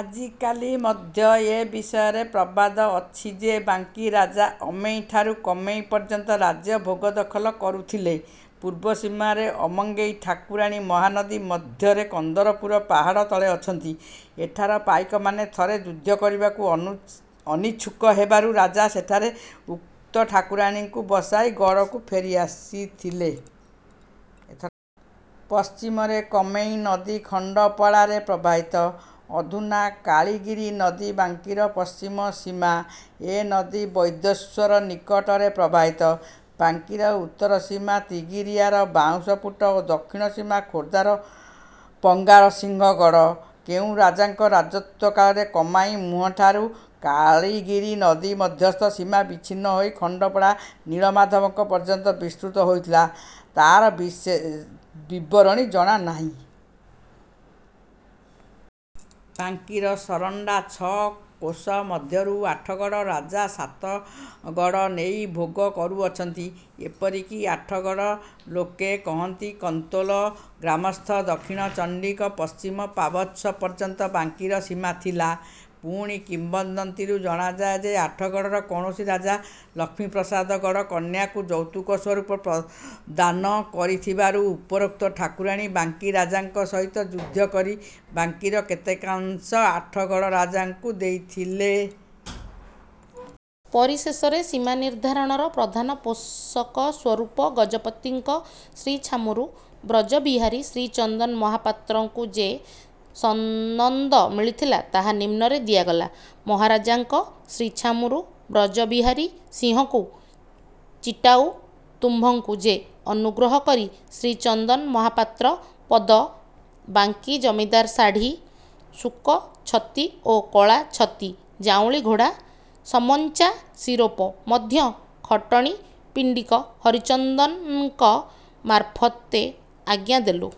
ଆଜିକାଲି ମଧ୍ୟ ଏ ବିଷୟରେ ପ୍ରବାଦ ଅଛି ଯେ, ବାଙ୍କୀରାଜା ଅମେଇଁଠାରୁ କମେଇଁ ପର୍ଯ୍ୟନ୍ତ ରାଜ୍ୟ ଭୋଗ ଦଖଲ କରୁଥିଲେ। ପୂର୍ବ ସୀମାରେ ଅମଙ୍ଗେଇ ଠାକୁରାଣୀ ମହାନଦୀ ମଧ୍ୟରେ କନ୍ଦରପୁର ପାହାଡ଼ ତଳେ ଅଛନ୍ତି। ଏଠାର ପାଇକମାନେ ଥରେ ଯୁଦ୍ଧ କରିବାକୁ ଅନିଚ୍ଛୁକ ହେବାରୁ ରାଜା ସେଠାରେ ଉକ୍ତ ଠାକୁରାଣୀଙ୍କୁ ବସାଇ ଗଡ଼କୁ ଫେରି ଆସିଥିଲେ। ପଶ୍ଚିମରେ କମେଇଁ ନଦୀ ଖଣ୍ଡପଡ଼ାରେ ପ୍ରବାହିତ। ଅଧୁନା କାଳିଗିରି ନଦୀ ବାଙ୍କୀର ପଶ୍ଚିମ ସୀମା। ଏ ନଦୀ ବୈଦ୍ୟେଶ୍ଵର ନିକଟରେ ପ୍ରବାହିତ। ବାଙ୍କୀର ଉତ୍ତର ସୀମା ତିଗିରିଆର ବାଉଁଶପୁଟ ଓ ଦକ୍ଷିଣ ସୀମା ଖୋର୍ଦ୍ଧାର ପଙ୍ଗାରସିଂହ ଗଡ଼। କେଉଁ ରାଜାଙ୍କ ରାଜତ୍ୱ କାଳରେ କମାଇଁ ମୁହଁଠାରୁ କାଳିଗିରି ନଦୀ ମଧ୍ୟସ୍ଥ ସୀମା ବିଚ୍ଛିନ୍ନ ହୋଇ ଖଣ୍ଡପଡ଼ା ନୀଳମାଧବଙ୍କ ପର୍ଯ୍ୟନ୍ତ ବିସ୍ତୃତ ହୋଇଥିଲା, ତା'ର ବିବରଣ ଜଣା ନାହିଁ। ବାଙ୍କୀର ସରଣ୍ଡା ଛଅ କୋଶ ମଧ୍ୟରୁ ଆଠଗଡ଼ ରାଜା ସାତଗଡ଼ ନେଇ ଭୋଗ କରୁଅଛନ୍ତି। ଏପରି କି ଆଠଗଡ଼ ଲୋକେ କହନ୍ତି−କନ୍ତୋଲ ଗ୍ରାମସ୍ଥ ଦକ୍ଷିଣ ଚଣ୍ଡୀଙ୍କ ପଶ୍ଚିମ ପାବଚ୍ଛ ପର୍ଯ୍ୟନ୍ତ ବାଙ୍କୀର ସୀମା ଥିଲା। ପୁଣି କିମ୍ବଦନ୍ତୀରୁ ଜଣାଯାଏ ଯେ, ଆଠଗଡ଼ର କୌଣସି ରାଜା ଲକ୍ଷ୍ମୀ ପ୍ରସାଦ ଗଡ଼ କନ୍ୟାକୁ ଯୌତୁକ ସ୍ୱରୂପ ଦାନ କରିଥିବାରୁ, ଉପରୋକ୍ତ ଠାକୁରାଣୀ ବାଙ୍କୀ ରାଜାଙ୍କ ସହିତ ଯୁଦ୍ଧ କରି ବାଙ୍କୀର କେତେକାଂଶ ଆଠଗଡ଼ ରାଜାଙ୍କୁ ଦେଇଥିଲେ। ପରିଶେଷରେ ସୀମା ନିର୍ଦ୍ଧାରଣର ପ୍ରଧାନ ପୋଷକ ସ୍ୱରୂପ ଗଜପତିଙ୍କ ଶ୍ରୀଛାମୁରୁ ବ୍ରଜବିହାରୀ ଶ୍ରୀଚନ୍ଦନ ମହାପାତ୍ରଙ୍କୁ ଯେ ସନନ୍ଦ ମିଳିଥିଲା, ତାହା ନିମ୍ନରେ ଦିଆଗଲା- ମହାରାଜଙ୍କ ଶ୍ରୀଛାମୁରୁ ବ୍ରଜବିହାରୀ ସିଂହଙ୍କୁ ଚିଟାଉ ତୁମ୍ଭଙ୍କୁ ଯେ ଅନୁଗ୍ରହ କରି ଶ୍ରୀଚନ୍ଦନ ମହାପାତ୍ର ପଦ, ବାଙ୍କୀ ଜମିଦାର ଶାଢ଼ି, ଶୁକ ଛତି ଓ କଳା ଛତି, ଯାଉଁଳି ଘୋଡ଼ା, ସମଞ୍ଚା ଶିରୋପା ମଧ୍ୟ ଖଟଣୀ ପିଣ୍ଡିକ ହରିଚନ୍ଦନଙ୍କ ମାରଫତେ ଆଜ୍ଞା ଦେଲୁ।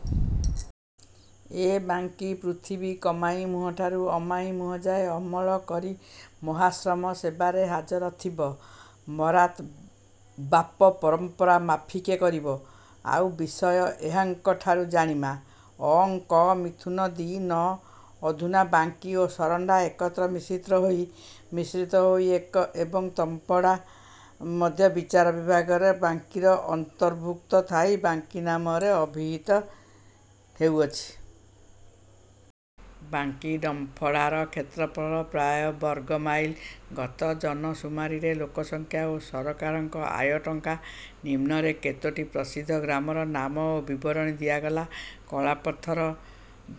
ଏ ବାଙ୍କୀ ପୃଥିବୀ କମାଇଁ ମୁହଁଠାରୁ ଅମାଇଁ ମୁହଁଯାଏ ଅମଳ କରି ମହାଶ୍ରମ ସେବାରେ ହାଜରଥିବ। ମରାତ୍ ବାପ ପରମ୍ପରା ମାଫିକେ କରିବ। ଆଉ ବିଷୟ ଏହାଙ୍କଠାରୁ ଜାଣିମ। "ଅ ଙ୍କ ମିଥୁନ ଦି ନ'' ଅଧୁନା ବାଙ୍କୀ ଓ ସରଣ୍ଡା ଏକତ୍ର ମିଶ୍ରିତ ହୋଇ ଏବଂ ଡମ୍ପଡ଼ା ମଧ୍ୟ ବିଚାର ବିଭାଗରେ ବାଙ୍କୀର ଅନ୍ତର୍ଭୁକ୍ତ ଥାଇ ବାଙ୍କୀ ନାମରେ ଅଭିହିତ ହେଉଅଛି। ବାଙ୍କୀ ଡମ୍ଫଡ଼ାର କ୍ଷେତ୍ରଫଳ ପ୍ରାୟ ବର୍ଗ ମାଇଲ; ଗତ ଜନ−ସୁମାରୀରେ ଲୋକସଂଖ୍ୟା ଓ ସରକାରଙ୍କ ଆୟ ଟ. ଙ୍କା। ନିମ୍ନରେ କେତୋଟି ପ୍ରସିଦ୍ଧ ଗ୍ରାମର ନାମ ଓ ବିବରଣ ଦିଆଗଲା। କଳାପଥର,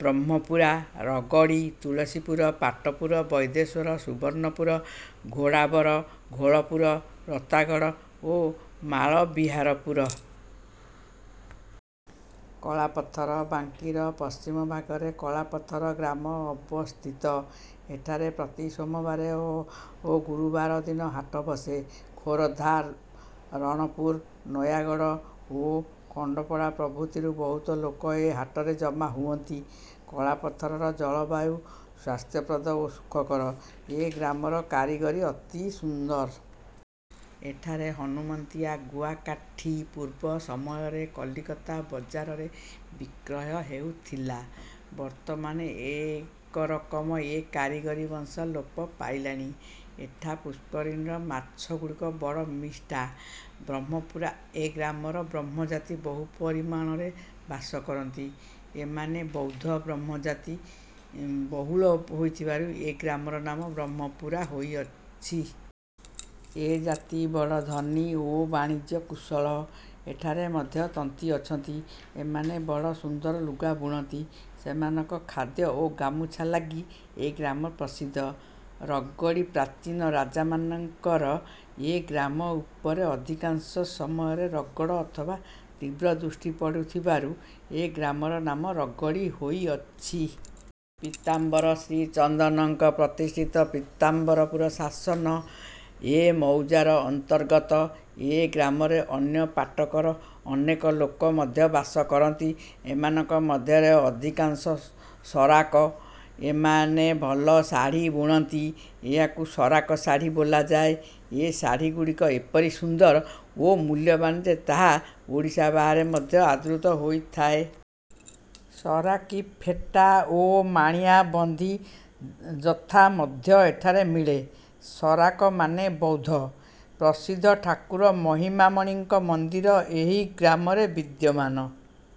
ବ୍ରହ୍ମପୁରା, ରଗଡ଼ୀ, ତୁଳସୀପୁର, ପାଟପୁର, ବୈଦ୍ୟେଶ୍ଵର, ସୁବର୍ଣ୍ଣପୁର, ଘୋଡ଼ାବର, ଘୋଳପୁର, ରତାଗଡ଼ ଓ ମାଳବିହାରପୁର। କଳାପଥର- ବାଙ୍କୀର ପଶ୍ଚିମ ଭାଗରେ କଳାପଥର ଗ୍ରାମ ଅବସ୍ଥିତ। ଏଠାରେ ପ୍ରତି ସୋମବାର ଓ ଗୁରୁବାର ଦିନ ହାଟ ବସେ। ଖୋରଧା, ରଣପୁର, ନୟାଗଡ଼ ଓ ଖଣ୍ଡପଡ଼ା ପ୍ରଭୃତିରୁ ବହୁତ ଲୋକ ଏ ହାଟରେ ଜମା ହୁଅନ୍ତି। କଳାପଥରର ଜଳବାୟୁ ସ୍ୱାସ୍ଥ୍ୟପ୍ରଦ ଓ ସୁଖକର। ଏ ଗ୍ରାମର କାରିଗରି ଅତି ସୁନ୍ଦର। ଏଠାରେ ହନୁମନ୍ତିଆ ଗୁଆକାଠି ପୂର୍ବ ସମୟରେ କଲିକତା ବଜାରରେ ବିକ୍ରୟ ହେଉଥିଲା। ବର୍ତ୍ତମାନ ଏକ ରକମ ଏ କାରିଗର ବଂଶ ଲୋପ ପାଇଲାଣି। ଏଠା ପୁଷ୍କରିଣୀର ମାଛଗୁଡ଼ିକ ବଡ଼ ମିଷ୍ଟ। ବ୍ରହ୍ମପୁରା- ଏ ଗ୍ରାମରେ ବ୍ରହ୍ମଜାତି ବହୁ ପରିମାଣରେ ବାସ କରନ୍ତି। ଏମାନେ ବୌଦ୍ଧ। ବ୍ରହ୍ମଜାତି ବହୁଳ ହୋଇଥିବାରୁ ଏ ଗ୍ରାମର ନାମ ବ୍ରହ୍ମପୁରା ହୋଇଅଛି। ଏ ଜାତି ବଡ଼ ଧନୀ ଓ ବାଣିଜ୍ୟ-କୁଶଳ। ଏଠାରେ ମଧ୍ୟ ତନ୍ତୀ ଅଛନ୍ତି। ଏମାନେ ବଡ଼ ସୁନ୍ଦର ଲୁଗା ବୁଣନ୍ତି। ସେମାନଙ୍କ ଖାଦ୍ୟ ଓ ଗାମୁଛା ଲାଗି ଏ ଗ୍ରାମ ପ୍ରସିଦ୍ଧ। ରଗଡ଼ୀ- ପ୍ରାଚୀନ ରାଜାମାନଙ୍କର ଏ ଗ୍ରାମ ଉପରେ ଅଧିକାଂଶ ସମୟରେ ରଗଡ଼ ଅଥବା ତୀବ୍ର ଦୃଷ୍ଟି ପଡ଼ୁଥିବାରୁ ଏ ଗ୍ରାମର ନାମ ରଗଡ଼ୀ ହୋଇଅଛି। ପୀତାମ୍ବର ଶ୍ରୀଚନ୍ଦନଙ୍କ ପ୍ରତିଷ୍ଠିତ ପୀତାମ୍ବରପୁର ଶାସନ ଏ ମୌଜାର ଅନ୍ତର୍ଗତ। ଏ ଗ୍ରାମରେ ଅନ୍ୟ ପାଟକର ଅନେକ ଲୋକ ମଧ୍ୟ ବାସ କରନ୍ତି। ଏମାନଙ୍କ ମଧ୍ୟରେ ଅଧିକାଂଶ ସରାକ। ଏମାନେ ଭଲ ଶାଢ଼ି ବୁଣନ୍ତି। ଏହାକୁ ସରାକ ଶାଢ଼ି ବୋଲାଯାଏ। ଏ ଶାଢ଼ିଗୁଡ଼ିକ ଏପରି ସୁନ୍ଦର ଓ ମୁଲ୍ୟବାନ୍ ଯେ, ତାହା ଓଡ଼ିଶା ବାହାରେ ମଧ୍ୟ ଆଦୃତ ହୋଇଥାଏ। ସରାକୀ ଫେଟା ଓ ମାଣିଆବନ୍ଧୀ ଯଥା ମଧ୍ୟ ଏଠାରେ ମିଳେ-। ସରାକମାନେ ବୌଦ୍ଧ। ପ୍ରସିଦ୍ଧ ଠାକୁର ମହିମାମଣିଙ୍କ ମନ୍ଦିର ଏହି ଗ୍ରାମରେ ବିଦ୍ୟମାନ।